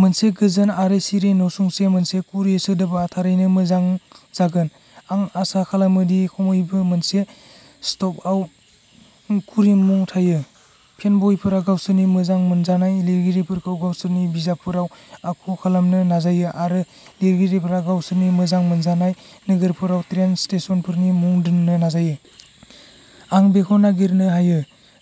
मोनसे गोजोन आरो सिरि नसुंसे मोनसे कुरि सोदोबआ थारैनो मोजां जागोन, आं आसा खालामो दि खमैबो मोनसे स्टपआव कुरि मुं थायो। फेनब'यफोरा गावसोरनि मोजां मोनजानाय लिरगिरिफोरखौ गावसोरनि बिजाबफोराव आखु खालामनो नाजायो आरो लिरगिरिफोरा गावसोरनि मोजां मोनजानाय नोगोरफोराव ट्रेन स्टेशनफोरनि मुं दोन्नो नाजायो। आं बेखौ नागिरनो हायो।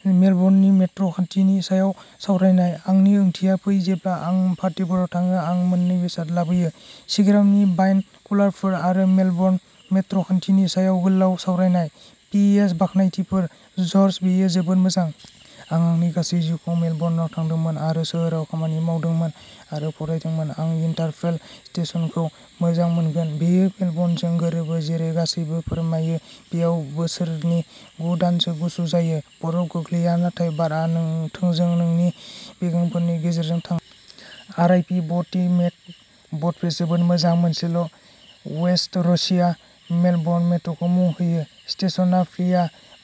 मेलबर्ननि मेट्र'खान्थिनि सायाव सावरायनाय? आंनि ओंथिया फै जेब्ला आं पार्टीफोराव थाङो आं मोननै बेसाद लाबोयो। सिग्रामनि वाइन कुलारफोर आरो मेलबर्न मेट्र'खान्थिनि सायाव गोलाव सावरायनाय। पि एस बाख्नायथिफोर, जर्ज बेयो जोबोद मोजां। आं आंनि गासै जिउखौ मेलबर्नआव थादोंमोन आरो सोहोराव खामानि मावदोंमोन आरो फरायदोंमोन। आं उइन्टारफेल स्टेशनखौ मोजां मोनगोन। बेयो मेलबर्नजों गोरोबो जेरै गासैबो फोरमायो बेयाव बोसोरनि गु दानसो गुसु जायो। बरफ गोग्लैया नाथाय बारआ थोंजों नोंनि बेगेंफोरनि गेजेरजों थाङो। R I P Boaty McBoatface जोबोद मोजां। मोनसेल' वेस्ट र'सीआ मेलबर्न मेट्रखौ मुं होयो। स्टेशनआ फ्लिया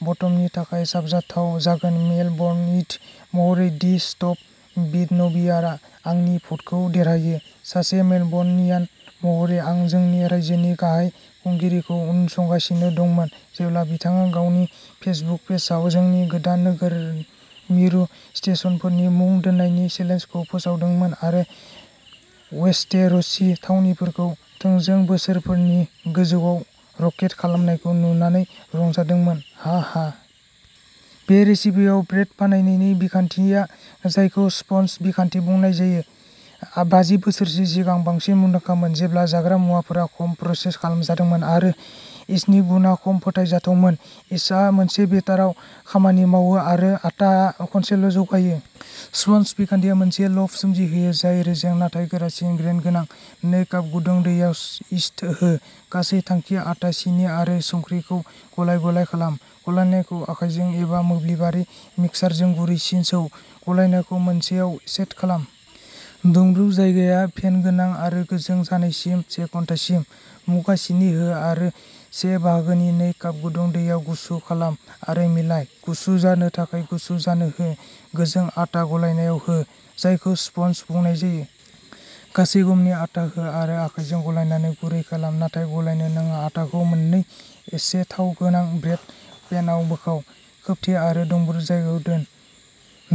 बटम नि थाखाय साबजाथाव जागोन मेलबर्नइट महरै दि स्टप विद न'बियारआ आंनि भ'टखौ देरहायो। सासे मेलबरन‌ नियान महरै आं जोंनि रायजोनि गाहाय खुंगिरिखौ उनसंगासिनो दंमोन जेब्ला बिथाङा गावनि फेसबुक पेजआव जोंनि गोदान नोगोर मिरु स्टेशनफोरनि मुं दोननायनि चेलेन्जखौ फोसावदोंमोन आरो वेस्टे र'सि थावनिफोरखौ थोंजों बोसोनफोरनि गोजौआव रकेट खालामनायखौ नुनानै रंजादोंमोन हाहा। बे रेसिपिआव ब्रेड बानायनायनि बिखान्थिया जायखौ स्पन्ज बिखान्थि बुंनाय जायो। बाजि बोसोरसो सिगां बांसिन मुंदांखामोन। जेब्ला जाग्रा मुवाफोरा खम प्रसेस खालामजादोंमोन आरो इस्टनि गुनआ खम फोथायजाथावमोन। इस्टआ मोनसे बेटाराव खामानि मावो आरो आटाआ खनसेल' जौगायो। स्पन्ज बिखान्थिया मोनसे ल'फ सोमजिहोयो जाय रेजें नाथाय गोरासिन ग्रेइन गोनां। नै काप गुदुं दैयाव इस्ट हो। गासै थांखि आटा सिनि आरो संख्रिखौ गलाय-गलाय खालाम। गलायनायखौ आखायजों एबा मोब्लिबारि मिक्सारजों गुरैसिम सौ। गलायनायखौ मोनसेआव सेट खालाम। दुंब्रुद जायगाया फेन गोनां आरो गोजों जानायसिम से घन्टासिम। मुगा सिनि हो आरो से बाहागोनि नै काप गुदुं दैयाव गुसुं खालाम आरो मिलाय। गुसु जानो थाखाय गुसु जानो हो। गोजों आटा गलायनायाव हो, जायखौ स्पन्ज बुंनाय जायो। गासै गमनि आटा हो आरो आखायजों गलायनानै गुरै खालाम, नाथाय गलायनो नाङा। आटाखौ मोननै एसे थाव गोनां ब्रेड पेनआव बोखाव, खोबथे आरो दुंब्रुद जायगायाव दोन।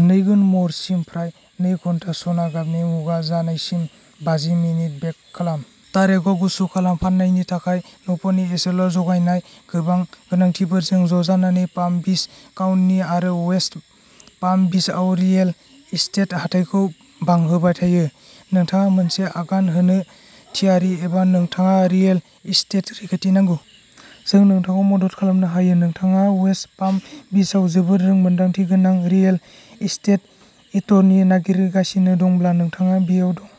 नैगुन महरसिम फ्राय नै घन्टा सना गाबनि मुगा जानायसिम बाजि मिनिट बेक खालाम। तार रेकआव गुसु खालाम। फान्नायनि थाखाय न'फोरनि एसेल' जगायनाय गोबां गोनांथिजों ज'जानानै पाम बिच काउनटि आरो वेस्ट पाम बिचआव रियेल एस्टेट हाथाइखौ बांहोबाय थायो। नोंथाङा मोनसे आगान होनो थियारि एबा नोंथाङा रियेल एस्टेट रैखाथि नांगौ। जों नोंथांखौ मदद खालामनो हायो। नोंथाङा वेस्ट पाम बिचआव जोबोद रोंमोनदांथि गोनां रियेल एस्टेट एटरनि नागिरगासिनो दंब्ला, नोंथाङा बेयाव दं।